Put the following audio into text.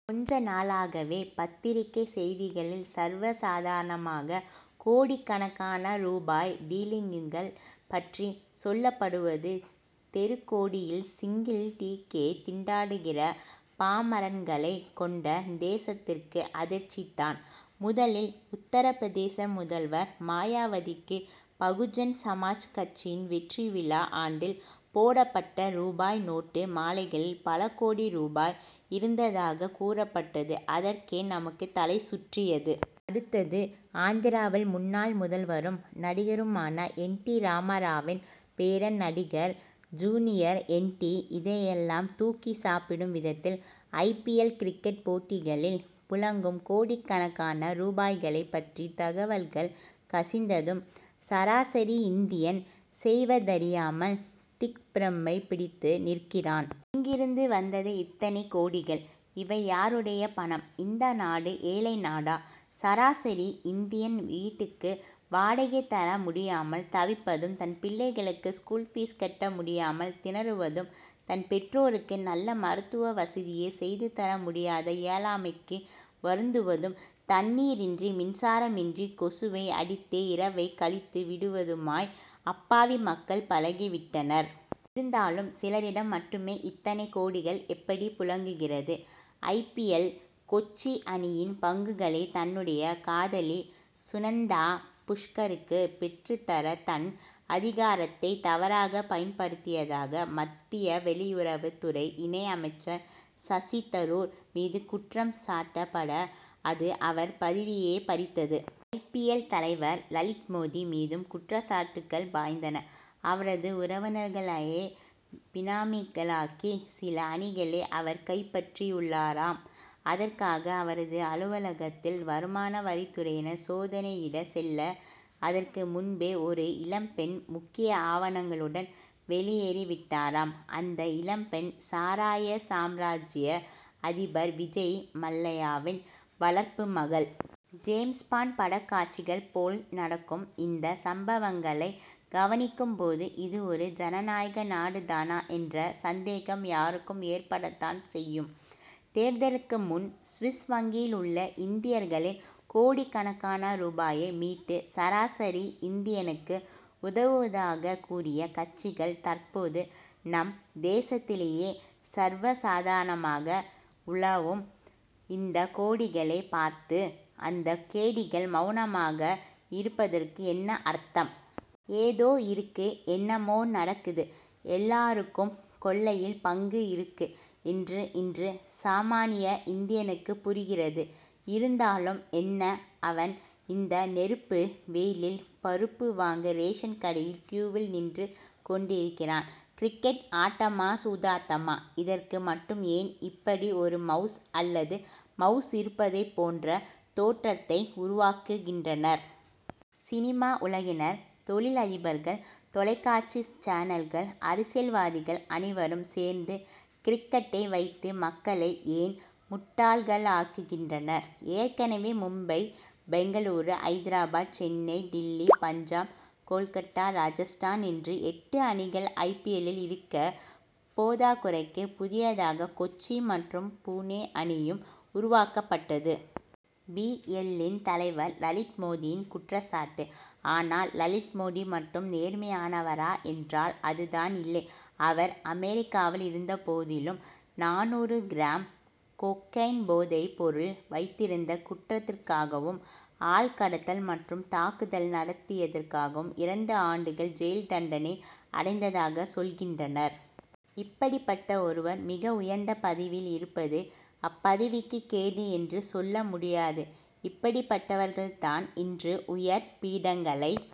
கொஞ்ச நாளாகவே பத்திரிகை செய்திகளில் சர்வ சாதாரணமாக கோடிக்கணக்கான ரூபாய் டீலிங்குகள் பற்றி சொல்லப்படுவது தெருக்கோடியில் சிங்கிள் டீக்கே திண்டாடுகிற பாமரன்களை கொண்ட தேசத்திற்கு அதிர்ச்சி தான். முதலில் உத்தரபிரதேச முதல்வர் மாயாவதிக்கு பகுஜன் சமாஜ் கட்சியின் வெற்றி விழா ஆண்டில் போடப்பட்ட ரூபாய் நோட்டு மாலைகளில் பல கோடி ரூபாய் இருந்ததாகக் கூறப்பட்டது அதற்கே நமக்கு தலை சுற்றியது. அடுத்தது ஆந்திராவில் முன்னாள் முதல்வரும் நடிகருமான என். டி. ராமாராவின் பேரன் நடிகர் ஜூனியர் என். டி. இதையெல்லாம் தூக்கி சாப்பிடும் விதத்தில் ஐ. பி. எல். கிரிக்கெட் போட்டிகளில் புழங்கும் கோடிக்கணக்கான ரூபாய்களை பற்றி தகவல்கள் கசிந்ததும் சராசரி இந்தியன் செய்வதறியாமல் திக்பிரமை பிடித்து நிற்கிறான். எங்கிருந்து வந்தது இத்தனை கோடிகள்? இவை யாருடைய பணம்? இந்த நாடு ஏழை நாடா? சராசரி இந்தியன் வீட்டுக்கு வாடகை தர முடியாமல் தவிப்பதும் தன் பிள்ளைகளுக்கு ஸ்கூல் பீஸ் கட்ட முடியாமல் திணறுவதும் தன் பெற்றோருக்கு நல்ல மருத்துவ வசதியை செய்து தர முடியாத இயலாமைக்கு வருந்துவதும் தண்ணீரின்றி மின்சாரமின்றி கொசுவை அடித்தே இரவைக் கழித்து விடுவதுமாய் அப்பாவி மக்கள் பழகி விட்டனர். இருந்தாலும் சிலரிடம் மட்டுமே இத்தனை கோடிகள் எப்படி புழங்குகிறது? ஐ. பி. எல். கொச்சி அணியின் பங்குகளை தன்னுடைய காதலி சுனந்தா புஷ்கருக்கு பெற்றுத்தர தன் அதிகாரத்தை தவறாக பயன்படுத்தியதாக மத்திய வெளியுறவுத் துறை இணை அமைச்சர் சசி தரூர் மீது குற்றம் சாட்டப் பட அது அவர் பதவியே பறித்தது. ஐ. பி. எல். தலைவர் லலித் மோடி மீதும் குற்றச்சாட்டுகள் பாய்ந்தன. அவரது உறவினர்களையே பினாமிகளாக்கி சில அணிகளை அவர் கைப்பற்றியுள்ளாராம். அதற்காக அவரது அலுவலகத்தில் வருமான வரித்துறையினர் சோதனையிட செல்ல அதற்கு முன்பே ஒரு இளம் பெண் முக்கிய ஆவணங்களுடன் வெளியேறிவிட்டாராம். அந்த இளம் பெண் சாராய சாம்ராஜ்ய அதிபர் விஜய் மல்லையாவின் வளர்ப்பு மகள். ஜேம்ஸ் பாண்ட் படக் காட்சிகள் போல் நடக்கும் இந்த சம்பவங்களை கவனிக்கும் போது இது ஒரு ஜனநாயக நாடுதானா என்ற சந்தேகம் யாருக்கும் ஏற்படத்தான் செய்யும். தேர்தலுக்கு முன் சுவிஸ் வங்கியில் உள்ள இந்தியர்களின் கோடிக்கணக்கான ரூபாயை மீட்டு சராசரி இந்தியனுக்கு உதவுவதாக கூறிய கட்சிகள் தற்போது நம் தேசத்திலேயே சர்வசாதாரணமாக உலவும் இந்த கோடிகளை பார்த்து அந்த கேடிகள் மவுனமாக இருப்பதற்கு என்ன அர்த்தம்? ஏதோ இருக்கு என்னமோ நடக்குது எல்லாருக்கும் கொள்ளையில் பங்கு இருக்கு என்று இன்று சாமான்ய இந்தியனுக்குப் புரிகிறது. இருந்தாலும் என்னஅவன் இந்த நெருப்பு வெயிலில் பருப்பு வாங்க ரேஷன் கடையில் க்யூவில் நின்று கொண்டிருக்கிறான். கிரிக்கெட் ஆட்டமா சூதாட்டமா? இதற்கு மட்டும் ஏன் இப்படி ஒரு மவுசு அல்லது மவுசு இருப்பதை போன்ற தோற்றத்தை உருவாக்குகின்றனர்? சினிமா உலகினர் தொழிலதிபர்கள் தொலைக்காட்சி சேனல்கள் அரசியல்வாதிகள் அனைவரும் சேர்ந்து கிரிக்கெட்டை வைத்து மக்களை ஏன் முட்டாள்களாக்குகின்றனர். ஏற்கனவே மும்பை பெங்களூரு ஐதராபாத் சென்னை டில்லி பஞ்சாப் கோல்கட்டா ராஜஸ்தான் என்று எட்டு அணிகள் ஐ. பி. எல்.லில் இருக்க போதாக்குறைக்கு புதியதாக கொச்சி மற்றும் புனே அணியும் உருவாக்கப்பட்டது. பி. எல்.லின் தலைவர் லலித் மோடியின் குற்றச் சாட்டு. ஆனால் லலித் மோடி மட்டும் நேர்மையானவரா என்றால் அதுதான் இல்லை. அவர் அமெரிக்காவில் இருந்தபோதிலும் நானூறு கிராம் கோகைன் போதை பொருள் வைத்திருந்த குற்றத்திற்காகவும் ஆள்கடத்தல் மற்றும் தாக்குதல் நடத்தியதற்காகவும் இரண்டு ஆண்டுகள் ஜெயில் தண்டனை அடைந்ததாக சொல்கின்றனர். இப்படிப்பட்ட ஒருவர் மிக உயர்ந்த பதவியில் இருப்பது அப்பதவிக்கு கேடு என்று சொல்ல முடியாது இப்படிப்பட்டவர்கள் தான் இன்று உயர் பீடங்களை